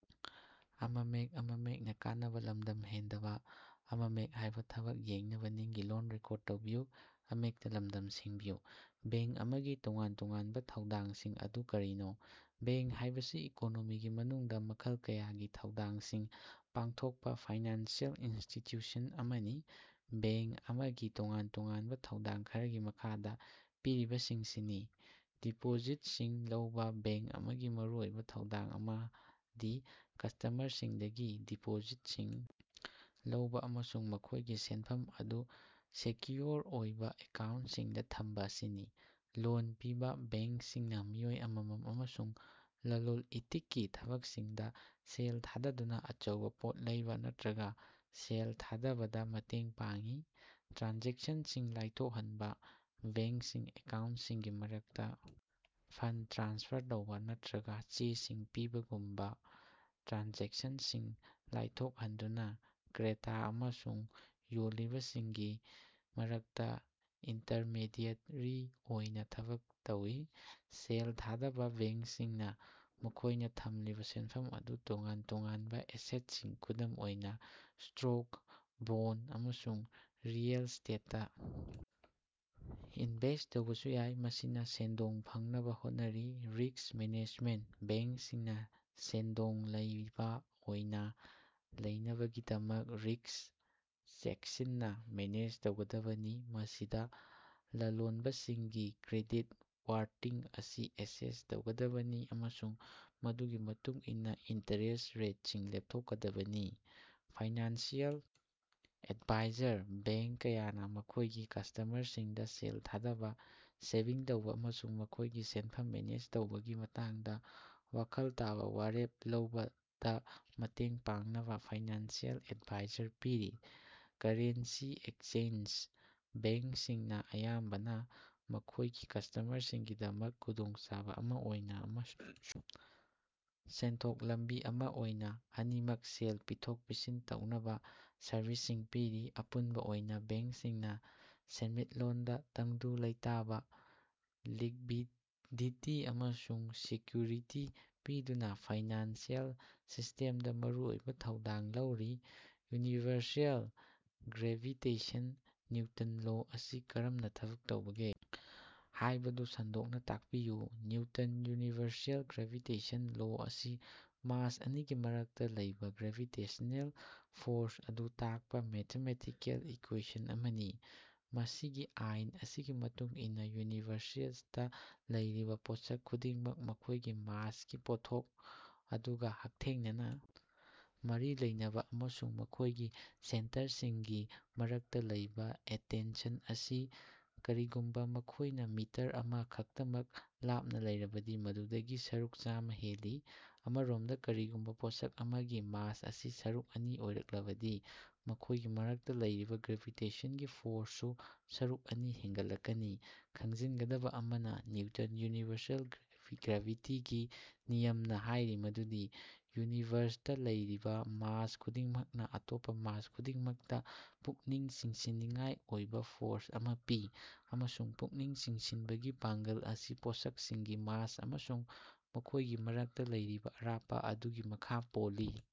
Bank ꯑꯃꯒꯤ ꯇꯣꯉꯥꯟ-ꯇꯣꯉꯥꯟꯕ ꯊꯧꯗꯥꯡꯁꯤꯡ ꯑꯗꯨ ꯀꯔꯤꯅꯣ? ꯕꯦꯡ ꯍꯥꯏꯕꯁꯤ ꯏꯀꯣꯅꯣꯃꯤꯒꯤ ꯃꯅꯨꯡꯗꯥ ꯃꯈꯜ ꯀꯌꯥꯒꯤ ꯊꯧꯗꯥꯡꯁꯤꯡ ꯄꯥꯡꯊꯣꯛꯄ ꯐꯥꯏꯅꯥꯟꯁꯤꯑꯦꯜ ꯏꯟꯁꯇꯤꯇꯌꯨꯁꯟ ꯑꯃꯅꯤ꯫ ꯕꯦꯡ ꯑꯃꯒꯤ ꯇꯣꯉꯥꯟ-ꯇꯣꯉꯥꯟꯕ ꯊꯧꯗꯥꯡ ꯈꯔꯒꯤ ꯃꯈꯥꯗ ꯄꯤꯔꯤꯕꯁꯤꯡꯁꯤꯅꯤ: ꯗꯤꯄꯣꯖꯤꯠꯁꯤꯡ ꯂꯧꯕ: ꯕꯦꯡ ꯑꯃꯒꯤ ꯃꯔꯨꯑꯣꯏꯕ ꯊꯧꯗꯥꯡ ꯑꯃꯗꯤ ꯀꯁ꯭ꯇꯝꯃꯔꯁꯤꯡꯗꯒꯤ ꯗꯤꯄꯣꯖꯤꯠꯁꯤꯡ ꯂꯧꯕ ꯑꯃꯁꯨꯡ ꯃꯈꯣꯏꯒꯤ ꯁꯦꯟꯐꯝ ꯑꯗꯨ ꯁꯦꯀꯌꯨꯑꯣꯔ ꯑꯣꯏꯕ ꯑꯦꯀꯥꯎꯟꯇꯁꯤꯡꯗ ꯊꯝꯕ ꯑꯁꯤꯅꯤ꯫ ꯂꯣꯟ ꯄꯤꯕ: ꯕꯦꯡꯁꯤꯡꯅ ꯃꯤꯑꯣꯏ ꯑꯃꯃꯝ ꯑꯃꯁꯨꯡ ꯂꯂꯣꯟ-ꯏꯇꯤꯛꯀꯤ ꯊꯕꯛꯁꯤꯡꯗ ꯁꯦꯜ ꯊꯥꯗꯗꯨꯅ ꯑꯆꯧꯕ ꯄꯣꯠ ꯂꯩꯕ ꯅꯠꯇꯔꯒ ꯁꯦꯜ ꯊꯥꯗꯕꯗ ꯃꯇꯦꯡ ꯄꯥꯡꯏ꯫ ꯇ꯭ꯔꯥꯟꯖꯦꯛꯁꯟꯁꯤꯡ ꯂꯥꯏꯊꯣꯛꯍꯟꯕ: ꯕꯦꯡꯁꯤꯡꯅ ꯑꯦꯀꯥꯎꯟꯇꯁꯤꯡꯒꯤ ꯃꯔꯛꯇꯥ ꯐꯟꯗ ꯇ꯭ꯔꯥꯟꯁꯐꯔ ꯇꯧꯕ ꯅꯠꯇꯔꯒ ꯆꯦꯁꯤꯡ ꯄꯤꯕꯒꯨꯝꯕ ꯇ꯭ꯔꯥꯟꯖꯦꯛꯁꯟꯁꯤꯡ ꯂꯥꯏꯊꯣꯍꯟꯗꯨꯅꯥ ꯀ꯭ꯔꯦꯇꯥ ꯑꯃꯁꯨꯡ ꯌꯣꯜꯂꯤꯕꯁꯤꯡꯒꯤ ꯃꯔꯛꯇ ꯏꯟꯇꯔꯃꯦꯗꯤꯑꯦꯔꯤ ꯑꯣꯏꯅ ꯊꯕꯛ ꯇꯧꯏ꯫ ꯁꯦꯜ ꯊꯥꯗꯕ ꯕꯦꯡꯁꯤꯡꯅ ꯃꯈꯣꯏꯅ ꯊꯝꯂꯤꯕ ꯁꯦꯟꯐꯝ ꯑꯗꯨ ꯇꯣꯉꯥꯟ ꯇꯣꯉꯥꯟꯕꯥ ꯑꯦꯁꯦꯠꯁꯤꯡ, ꯈꯨꯗꯝ ꯑꯣꯏꯅ ꯁ꯭ꯇꯣꯛ, ꯕꯣꯟꯗ, ꯑꯃꯁꯨꯡ ꯔꯤꯑꯦꯜ ꯏꯁ꯭ꯇꯦꯠꯇꯥ ꯏꯟꯚꯦꯁ꯭ꯠ ꯇꯧꯕꯁꯨ ꯌꯥꯏ, ꯃꯁꯤꯅ ꯁꯦꯟꯗꯣꯡ ꯐꯪꯅꯕ ꯍꯣꯠꯅꯔꯤ꯫ ꯔꯤꯁ꯭ꯛ ꯃꯦꯅꯦꯖꯃꯦꯟꯇ: ꯕꯦꯡꯁꯤꯡꯅꯥ ꯁꯦꯟꯗꯣꯡ ꯂꯩꯕ ꯑꯣꯏꯅꯥ ꯂꯩꯅꯕꯒꯤꯗꯃꯛ ꯔꯤꯁ꯭ꯛ ꯆꯦꯀꯁꯤꯟꯅꯥ ꯃꯦꯅꯦꯖ ꯇꯧꯒꯗꯕꯅꯤ, ꯃꯁꯤꯗꯥ ꯂꯂꯣꯅꯕꯁꯤꯡꯒꯤ ꯀ꯭ꯔꯦꯗꯤꯠ ꯋꯥꯔꯇꯤ ꯑꯁꯤ ꯑꯦꯁꯦꯁ ꯇꯧꯒꯗꯕꯅꯤ ꯑꯃꯁꯨꯡ ꯃꯗꯨꯒꯤ ꯃꯇꯨꯡ ꯏꯟꯅ ꯏꯟꯇꯔꯦꯁ ꯔꯦꯠꯁꯤꯡ ꯂꯦꯞꯊꯣꯛꯀꯗꯕꯅꯤ꯫ ꯐꯥꯏꯅꯥꯟꯁꯤꯑꯦꯜ ꯑꯦꯗꯚꯥꯏꯖꯔ: ꯕꯦꯡ ꯀꯌꯥꯅ ꯃꯈꯣꯏꯒꯤ ꯀꯁ꯭ꯇꯝꯃꯔꯁꯤꯡꯗ ꯁꯦꯜ ꯊꯥꯗꯕ, ꯁꯦꯚꯤꯡ ꯇꯧꯕ ꯑꯃꯁꯨꯡ ꯃꯈꯣꯏꯒꯤ ꯁꯦꯟꯐꯝ ꯃꯦꯅꯦꯖ ꯇꯧꯕꯒꯤ ꯃꯇꯥꯡꯗ ꯋꯥꯈꯜ ꯇꯥꯕ ꯋꯥꯔꯦꯞ ꯂꯧꯕꯗꯥ ꯃꯇꯦꯡ ꯄꯥꯡꯅꯕ ꯐꯥꯏꯅꯥꯟꯁꯤꯑꯦꯜ ꯑꯦꯗꯚꯥꯏ ꯄꯤꯔꯤ꯫ ꯀꯔꯦꯟꯁꯤ ꯑꯦꯛꯁꯆꯦꯟꯖ: ꯕꯦꯡꯁꯤꯡꯅ ꯑꯌꯥꯝꯕꯅ ꯃꯈꯣꯏꯒꯤ ꯀꯁ꯭ꯇꯝꯃꯔꯁꯤꯡꯒꯤꯗꯃꯛ ꯈꯨꯗꯣꯡꯆꯥꯕ ꯑꯃ ꯑꯣꯏꯅ ꯑꯃꯁꯨꯡ ꯁꯦꯟꯊꯣꯛ ꯂꯝꯕꯤ ꯑꯃ ꯑꯣꯏꯅ ꯑꯅꯤꯃꯛ ꯁꯦꯜ ꯄꯤꯊꯣꯛ-ꯄꯤꯁꯤꯟ ꯇꯧꯅꯕ ꯁꯔꯚꯤꯁꯁꯤꯡ ꯄꯤꯔꯤ꯫ ꯑꯄꯨꯟꯕꯥ ꯑꯣꯏꯅꯥ, ꯕꯦꯡꯁꯤꯡꯅꯥ ꯁꯦꯟꯃꯤꯠꯂꯣꯟꯗ ꯇꯪꯗꯨ ꯂꯩꯇꯥꯕ, ꯂꯤꯛꯕꯤꯗꯤꯇꯤ, ꯑꯃꯁꯨꯡ ꯁꯦꯀꯌꯨꯔꯤꯇꯤ ꯄꯤꯗꯨꯅꯥ ꯐꯥꯏꯅꯥꯟꯁꯤꯑꯦꯜ ꯁꯤꯁ꯭ꯇꯦꯝꯗꯥ ꯃꯔꯨꯑꯣꯏꯕ ꯊꯧꯗꯥꯡ ꯂꯧꯔꯤ꯫ ꯌꯨꯅꯤꯚꯔꯁꯦꯜ ꯒ꯭ꯔꯦꯚꯤꯇꯦꯁꯟ ꯅꯤꯎꯇꯟ ꯂꯣ ꯑꯁꯤ ꯀꯔꯝꯅꯥ ꯊꯕꯛ ꯇꯧꯕꯒꯦ ꯍꯥꯏꯕꯗꯨ ꯁꯟꯗꯣꯛꯅ ꯇꯥꯛꯄꯤꯌꯨ꯫ ꯅꯤꯎꯇꯟ ꯌꯨꯅꯤꯚꯔꯁꯦꯜ ꯒ꯭ꯔꯦꯚꯤꯇꯦꯁꯟ ꯂꯣ ꯑꯁꯤ ꯃꯥꯁ ꯑꯅꯤꯒꯤ ꯃꯔꯛꯇꯥ ꯂꯩꯕ ꯒ꯭ꯔꯦꯚꯤꯇꯦꯁꯅꯦꯜ ꯐꯣꯔꯁ ꯑꯗꯨ ꯇꯥꯛꯄ ꯃꯦꯊꯃꯦꯇꯤꯀꯦꯜ ꯏꯀ꯭ꯌꯦꯁꯟ ꯑꯃꯅꯤ꯫ ꯃꯁꯤꯒꯤ ꯑꯥꯏꯟ ꯑꯁꯤꯒꯤ ꯃꯇꯨꯡ ꯏꯟꯅꯥ ꯌꯨꯅꯤꯚꯔꯁꯇꯥ ꯂꯩꯔꯤꯕꯥ ꯄꯣꯠꯁꯛ ꯈꯨꯗꯤꯡꯃꯛ ꯃꯈꯣꯏꯒꯤ ꯃꯥꯁꯀꯤ ꯄꯣꯠꯊꯣꯛ ꯑꯗꯨꯒ ꯍꯛꯊꯦꯡꯅꯅꯥ ꯃꯔꯤ ꯂꯩꯅꯕꯥ ꯑꯃꯁꯨꯡ ꯃꯈꯣꯏꯒꯤ ꯁꯦꯟꯇꯔꯁꯤꯡꯒꯤ ꯃꯔꯛꯇꯥ ꯂꯩꯕ ꯑꯇꯦꯟꯁꯟ ꯑꯁꯤ ꯀꯔꯤꯒꯨꯝꯕꯥ ꯃꯈꯣꯏꯅ ꯃꯤꯇꯔ ꯑꯃꯥ ꯈꯛꯇꯃꯛ ꯂꯥꯞꯅ ꯂꯩꯔꯕꯗꯤ ꯃꯗꯨꯗꯒꯤ ꯁꯔꯨꯛ ꯆꯃꯥ ꯍꯦꯜꯂꯤ꯫ ꯑꯃꯔꯣꯝꯗ ꯀꯔꯤꯒꯨꯝꯕ ꯄꯣꯠꯁꯛ ꯑꯃꯒꯤ ꯃꯥꯁ ꯑꯁꯤ ꯁꯔꯨꯛ ꯑꯅꯤ ꯑꯣꯏꯔꯛꯂꯕꯗꯤ ꯃꯈꯣꯏꯒꯤ ꯃꯔꯛꯇ ꯂꯩꯔꯤꯕ ꯒ꯭ꯔꯦꯚꯤꯇꯤꯒꯤ ꯐꯣꯔꯁꯁꯨ ꯁꯔꯨꯛ ꯑꯅꯤ ꯍꯦꯒꯠꯂꯛꯀꯅꯤ꯫ ꯈꯪꯖꯤꯟꯒꯗꯕ ꯑꯃꯅ, ꯅꯤꯎꯇꯟ ꯌꯨꯅꯤꯚꯔꯁꯦꯜ ꯒ꯭ꯔꯦꯚꯤꯇꯤꯒꯤ ꯅꯤꯌꯝꯅ ꯍꯥꯢꯔꯤ ꯃꯗꯨꯗꯤ ꯌꯨꯅꯤꯚꯔꯁꯇꯥ ꯂꯩꯔꯤꯕ ꯃꯥꯁ ꯈꯨꯗꯤꯡꯃꯛꯅ ꯑꯇꯣꯞꯄ ꯃꯥꯁ ꯈꯨꯗꯤꯡꯃꯛꯇꯥ ꯄꯨꯛꯅꯤꯡ ꯆꯤꯡꯁꯤꯟꯅꯤꯡꯉꯥꯏ ꯑꯣꯏꯕ ꯐꯣꯔꯁ ꯑꯃ ꯄꯤ, ꯑꯃꯁꯨꯡ ꯄꯨꯛꯅꯤꯡ ꯆꯤꯡꯁꯤꯟꯕꯒꯤ ꯄꯥꯡꯒꯜ ꯑꯁꯤ ꯄꯣꯠꯁꯛꯁꯤꯡꯒꯤ ꯃꯥꯁ ꯑꯃꯁꯨꯡ ꯃꯈꯣꯏꯒꯤ ꯃꯔꯛꯇ ꯂꯩꯔꯤꯕ ꯑꯔꯥꯞꯄ ꯑꯗꯨꯒꯤ ꯃꯈꯥ ꯄꯣꯜꯂꯤ꯫।